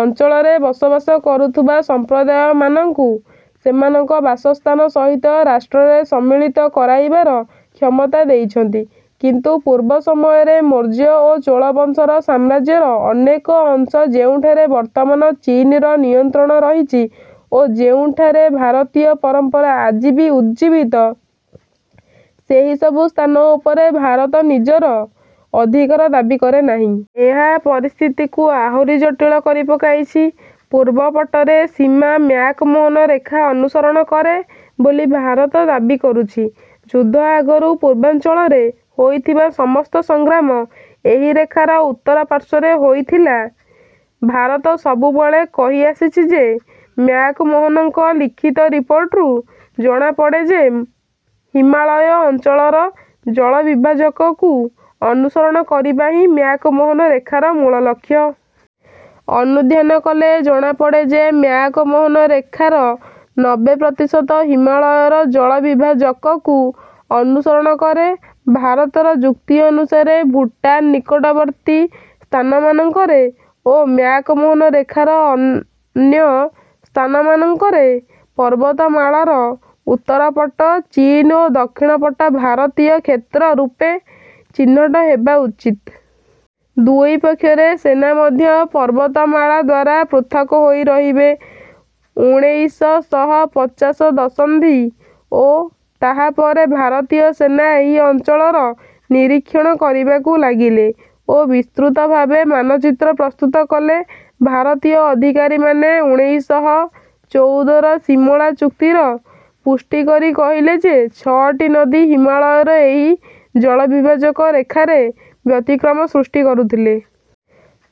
ଅଞ୍ଚଳରେ ବସବାସ କରୁଥିବା ସମ୍ପ୍ରଦାୟମାନଙ୍କୁ ସେମାନଙ୍କ ବାସସ୍ଥାନ ସହିତ ରାଷ୍ଟ୍ରରେ ସମ୍ମିଳିତ କରାଇବାର କ୍ଷମତା ଦେଇଛନ୍ତି। କିନ୍ତୁ ପୂର୍ବ ସମୟରେ ମୌର୍ଯ୍ୟ ଓ ଚୋଳ ବଂଶର ସାମ୍ରାଜ୍ୟର ଅନେକ ଅଂଶ ଯେଉଁଠାରେ ବର୍ତ୍ତମାନ ଚୀନ୍‌ର ନିୟନ୍ତ୍ରଣ ରହିଛି ଓ ଯେଉଁଠାରେ ଭାରତୀୟ ପରମ୍ପରା ଆଜି ବି ଉଜ୍ଜୀବିତ, ସେହି ସବୁ ସ୍ଥାନ ଉପରେ ଭାରତ ନିଜର ଅଧିକାର ଦାବି କରେ ନାହିଁ। ଏହା ପରିସ୍ଥିତିକୁ ଆହୁରି ଜଟିଳ କରିପକାଇଛି। ପୂର୍ବ ପଟରେ ସୀମା ମ୍ୟାକ୍ ମୋହନ ରେଖା ଅନୁସରଣ କରେ ବୋଲି ଭାରତ ଦାବି କରୁଛି। ଯୁଦ୍ଧ ଆଗରୁ ପୂର୍ବାଞ୍ଚଳରେ ହୋଇଥିବା ସମସ୍ତ ସଂଗ୍ରାମ ଏହି ରେଖାର ଉତ୍ତର ପାର୍ଶ୍ୱରେ ହୋଇଥିଲା। ଭାରତ ସବୁବେଳେ କହି ଆସିଛି ଯେ ମ୍ୟାକ୍ ମୋହନଙ୍କ ଲିଖିତ ରିପୋର୍ଟରୁ ଜଣାପଡ଼େ ଯେ ହିମାଳୟ ଅଞ୍ଚଳର ଜଳବିଭାଜକକୁ ଅନୁସରଣ କରିବା ହିଁ ମ୍ୟାକ୍ ମୋହନ ରେଖାର ମୂଳ ଲକ୍ଷ୍ୟ। ଅନୁଧ୍ୟାନ କଲେ ଜଣାପଡ଼େ ଯେ ମ୍ୟାକ୍ ମୋହନ ରେଖାର ନବେ ପ୍ରତିଶତ ହିମାଳୟର ଜଳବିଭାଜକକୁ ଅନୁସରଣ କରେ। ଭାରତର ଯୁକ୍ତି ଅନୁସାରେ ଭୁଟାନ୍ ନିକଟବର୍ତ୍ତୀ ସ୍ଥାନମାନଙ୍କରେ ଓ ମ୍ୟାକ୍ ମୋହନ ରେଖାର ଅନ୍ୟ ସ୍ଥାନମାନଙ୍କରେ ପର୍ବତମାଳାର ଉତ୍ତର ପଟ ଚୀନ୍ ଓ ଦକ୍ଷିଣ ପଟ ଭାରତୀୟ କ୍ଷେତ୍ର ରୂପେ ଚିହ୍ନଟ ହେବା ଉଚିତ। ଦୁଇ ପକ୍ଷର ସେନା ମଧ୍ୟ ପର୍ବତମାଳା ଦ୍ୱାରା ପୃଥକ୍ ହୋଇ ରହିବେ। ଉଣେଇଶ ଶହ ପଚାଶ ଦଶନ୍ଧି ଓ ତାହା ପରେ ଭାରତୀୟ ସେନା ଏହି ଅଞ୍ଚଳର ନିରୀକ୍ଷଣ କରିବାକୁ ଲାଗିଲେ ଓ ବିସ୍ତୃତ ଭାବେ ମାନଚିତ୍ର ପ୍ରସ୍ତୁତ କଲେ। ଭାରତୀୟ ଅଧିକାରୀମାନେ ଉଣେଇଶ ଶହ ଚଉଦର ସିମଳା ଚୁକ୍ତିର ପୁଷ୍ଟି କରି କହିଲେ ଯେ ଛଅଟି ନଦୀ ହିମାଳୟର ଏହି ଜଳବିଭାଜକ ରେଖାରେ ବ୍ୟତିକ୍ରମ ସୃଷ୍ଟି କରୁଥିଲେ।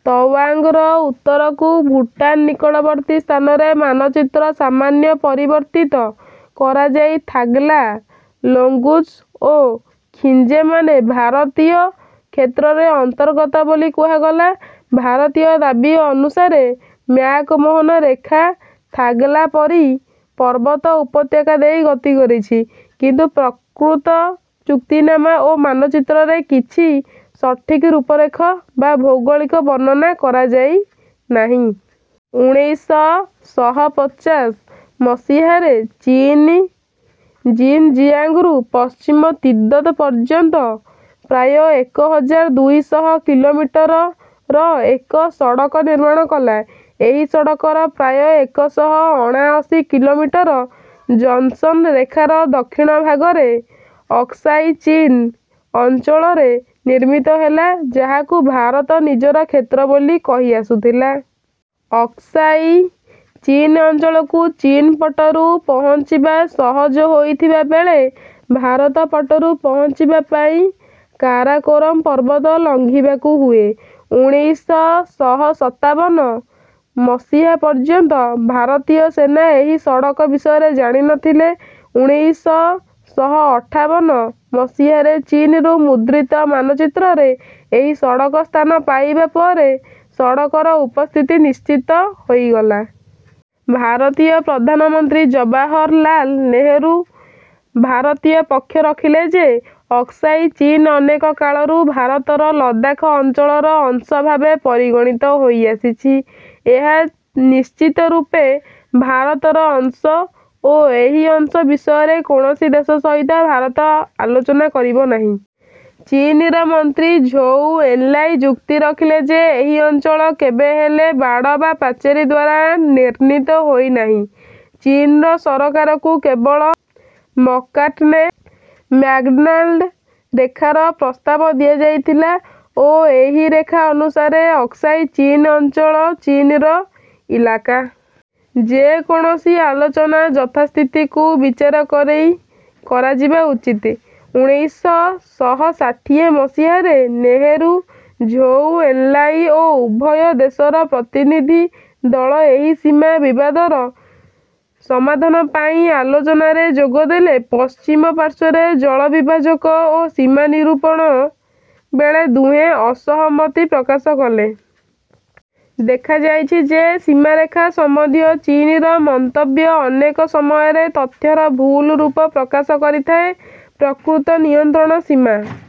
ତୱାଙ୍ଗ୍‌ର ଉତ୍ତରକୁ ଭୁଟାନ୍ ନିକଟବର୍ତ୍ତୀ ସ୍ଥାନରେ ମାନଚିତ୍ର ସାମାନ୍ୟ ପରିବର୍ତ୍ତିତ କରାଯାଇ ଥାଗ୍ ଲା, ଲୋଙ୍ଗ୍‌ଜୁ ଓ ଖିଞ୍ଜେମାନେ ଭାରତୀୟ କ୍ଷେତ୍ରର ଅନ୍ତର୍ଗତ ବୋଲି କୁହାଗଲା। ଭାରତୀୟ ଦାବି ଅନୁସାରେ ମ୍ୟାକ୍ ମୋହନ ରେଖା ଥାଗ୍ ଲା ପରି ପର୍ବତ ଉପତ୍ୟକା ଦେଇ ଗତି କରିଛି। କିନ୍ତୁ ପ୍ରକୃତ ଚୁକ୍ତିନାମା ଓ ମାନଚିତ୍ରରେ କିଛି ସଠିକ ରୂପରେଖ ବା ଭୌଗୋଳିକ ବର୍ଣ୍ଣନା କରାଯାଇ ନାହିଁ। ଉଣେଇଶ ଶହ ପଚାଶ ମସିହାରେ ଚୀନ୍ ଜିନ୍‌ଜିଆଙ୍ଗ୍‌ରୁ ପଶ୍ଚିମ ତିବ୍ଦତ ପର୍ଯ୍ୟନ୍ତ ପ୍ରାୟ ଏକ ହଜାର ଦୁଇ ଶହ କିଲୋମିଟର ର ଏକ ସଡ଼କ ନିର୍ମାଣ କଲା। ଏହି ସଡ଼କର ପ୍ରାୟ ଏକ ଶହ ଅଣାଅଶୀ କିଲୋମିଟର ଜନ୍‌ସନ୍ ରେଖାର ଦକ୍ଷିଣ ଭାଗରେ ଅକ୍ସାଇ ଚୀନ୍ ଅଞ୍ଚଳରେ ନିର୍ମିତ ହେଲା ଯାହାକୁ ଭାରତ ନିଜର କ୍ଷେତ୍ର ବୋଲି କହିଆସୁଥିଲା। ଅକ୍ସାଇ ଚୀନ୍ ଅଞ୍ଚଳକୁ ଚୀନ୍ ପଟରୁ ପହଞ୍ଚିବା ସହଜ ହୋଇଥିବା ବେଳେ ଭାରତ ପଟରୁ ପହଞ୍ଚିବା ପାଇଁ କାରାକୋରମ୍ ପର୍ବତ ଲଙ୍ଘିବାକୁ ହୁଏ। ଉଣେଇଶ ଶହ ସତାବନ ମସିହା ପର୍ଯ୍ୟନ୍ତ ଭାରତୀୟ ସେନା ଏହି ସଡ଼କ ବିଷୟରେ ଜାଣି ନ ଥିଲେ। ଉଣେଇଶ ଶହ ଅଠାବନ ମସିହାରେ ଚୀନରୁ ମୁଦ୍ରିତ ମାନଚିତ୍ରରେ ଏହି ସଡ଼କ ସ୍ଥାନ ପାଇବା ପରେ ସଡ଼କର ଉପସ୍ଥିତି ନିଶ୍ଚିତ ହୋଇଗଲା। ଭାରତୀୟ ପ୍ରଧାନମନ୍ତ୍ରୀ ଜବାହରଲାଲ୍ ନେହେରୁ ଭାରତୀୟ ପକ୍ଷ ରଖିଲେ ଯେ ଅକ୍ସାଇ ଚୀନ୍ ଅନେକ କାଳରୁ ଭାରତର ଲଦାଖ୍ ଅଞ୍ଚଳର ଅଂଶ ଭାବେ ପରିଗଣିତ ହୋଇଆସିଛି, ଏହା ନିଶ୍ଚିତ ରୂପେ ଭାରତର ଅଂଶ ଓ ଏହି ଅଂଶ ବିଷୟରେ କୌଣସି ଦେଶ ସହିତ ଭାରତ ଆଲୋଚନା କରିବ ନାହିଁ। ଚୀନ୍‌ର ମନ୍ତ୍ରୀ ଝୋଉ ଏନ୍‌ଲାଇ ଯୁକ୍ତି ରଖିଲେ ଯେ ଏହି ଅଞ୍ଚଳ କେବେହେଲେ ବାଡ଼ ବା ପାଚେରୀ ଦ୍ୱାରା ନିର୍ଣ୍ଣୀତ ହୋଇ ନାହିଁ। ଚୀନ୍ ସରକାରକୁ କେବଳ ମକାର୍ଟ୍‌ନେ ମ୍ୟାକ୍‌ଡନାଲ୍ଡ୍ ରେଖାର ପ୍ରସ୍ତାବ ଦିଆଯାଇଥିଲା ଓ ଏହି ରେଖା ଅନୁସାରେ ଅକ୍ସାଇ ଚୀନ୍ ଅଞ୍ଚଳ ଚୀନ୍‌ର ଇଲାକା। ଯେ କୌଣସି ଆଲୋଚନା ଯଥାସ୍ଥିତିକୁ ବିଚାର କରି କରାଯିବା ଉଚିତ। ଉଣେଇଶ ଶହ ଷାଠିଏ ମସିହାରେ ନେହେରୁ, ଝୋଉ ଏନ୍‌ଲାଇ ଓ ଉଭୟ ଦେଶର ପ୍ରତିନିଧି ଦଳ ଏହି ସୀମା ବିବାଦର ସମାଧାନ ପାଇଁ ଆଲୋଚନାରେ ଯୋଗ ଦେଲେ। ପଶ୍ଚିମ ପାର୍ଶ୍ୱରେ ଜଳବିଭାଜକ ଓ ସୀମା ନିରୂପଣ ବେଳେ ଦୁହେଁ ଅସହମତି ପ୍ରକାଶ କଲେ। ଦେଖାଯାଇଛି ଯେ ସୀମାରେଖା ସମ୍ବନ୍ଧୀୟ ଚୀନ୍‌ର ମନ୍ତବ୍ୟ ଅନେକ ସମୟରେ ତଥ୍ୟର ଭୁଲ ରୂପ ପ୍ରକାଶ କରିଥାଏ। ପ୍ରକୃତ ନିୟନ୍ତ୍ରଣ ସୀମା